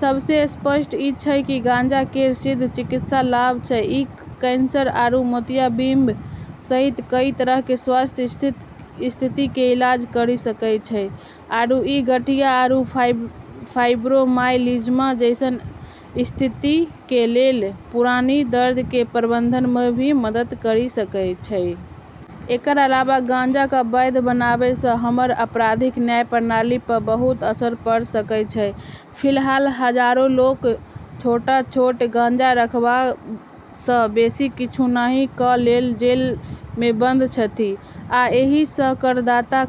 सबसें स्पष्ट ई छै कि गांजा केरऽ सिद्ध चिकित्सा लाभ छै: ई कैंसर आरू मोतियाबिंद सहित कई तरह के स्वास्थ्य स्थिति के इलाज करी सकै छै, आरू ई गठिया आरू फाइब्रोमायल्जिया जैसनऽ स्थिति के लेलऽ पुरानी दर्द के प्रबंधन म॑ भी मदद करी सकै छै। एकरऽ अलावा गांजा क॑ वैध बनाबै स॑ हमरऽ आपराधिक न्याय प्रणाली प॑ बहुत असर पड़॑ सकै छै। फिलहाल हजारों लोक छोट-छोट गांजा रखबा स बेसी किछु नहि क लेल जेल मे बंद छथि, आ एहि स करदाता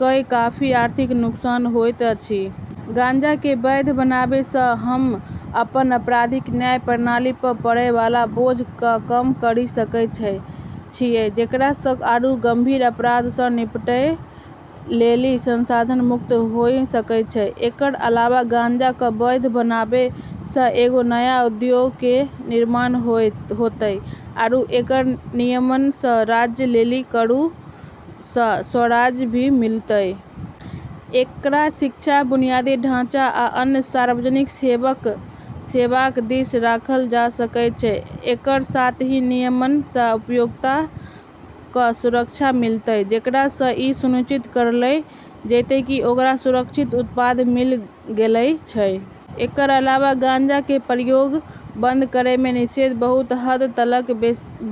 कए काफी आर्थिक नुकसान होइत अछि। गांजा क॑ वैध बनाबै स॑ हम्मं॑ अपनऽ आपराधिक न्याय प्रणाली प॑ पड़ै वाला बोझ क॑ कम करी सकै छियै, जेकरा स॑ आरू गंभीर अपराध स॑ निपटै लेली संसाधन मुक्त होय सकै छियै। एकरऽ अलावा गांजा क॑ वैध बनाबै स॑ एगो नया उद्योग के निर्माण होतै आरू एकरऽ नियमन स॑ राज्यऽ लेली करऽ स॑ राजस्व भी मिलतै। एकरा शिक्षा, बुनियादी ढांचा, आ अन्य सार्वजनिक सेवाक दिस राखल जा सकैत अछि। एकरऽ साथ ही नियमन स॑ उपभोक्ता क॑ सुरक्षा मिलतै, जेकरा स॑ ई सुनिश्चित करलऽ जैतै कि ओकरा सुरक्षित उत्पाद मिल॑ लगलऽ छै। एकरऽ अलावा गांजा के प्रयोग बंद करै म॑ निषेध बहुत हद तलक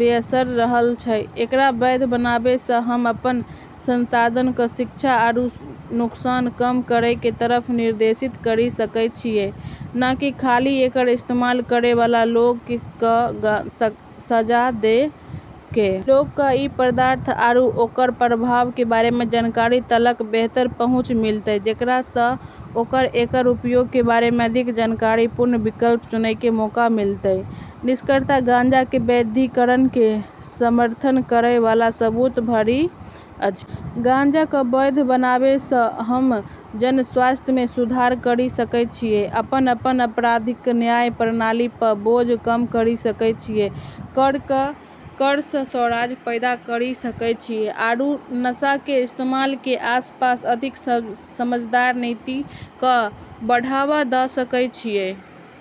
बेअसर रहलऽ छै। एकरा वैध बनाबै स॑ हम्मं॑ अपनऽ संसाधन क॑ शिक्षा आरू नुकसान कम करै के तरफ निर्देशित करी सकै छियै, नै कि खाली एकरऽ इस्तेमाल करै वाला लोगऽ क॑ सजा दै के। लोगऽ क॑ ई पदार्थ आरू ओकरऽ प्रभाव के बारे म॑ जानकारी तलक बेहतर पहुँच मिलतै, जेकरा स॑ ओकरा एकरऽ उपयोग के बारे म॑ अधिक जानकारीपूर्ण विकल्प चुनै के मौका मिलतै। निष्कर्षतः गांजा के वैधीकरण के समर्थन करय वाला सबूत भारी अछि. गांजा क॑ वैध बनाबै स॑ हम्मं॑ जनस्वास्थ्य म॑ सुधार करी सकै छियै, अपनऽ आपराधिक न्याय प्रणाली प॑ बोझ कम करी सकै छियै, कर स॑ राजस्व पैदा करी सकै छियै, आरू नशा के इस्तेमाल के आसपास अधिक समझदार नीति क॑ बढ़ावा द॑ सकै छियै।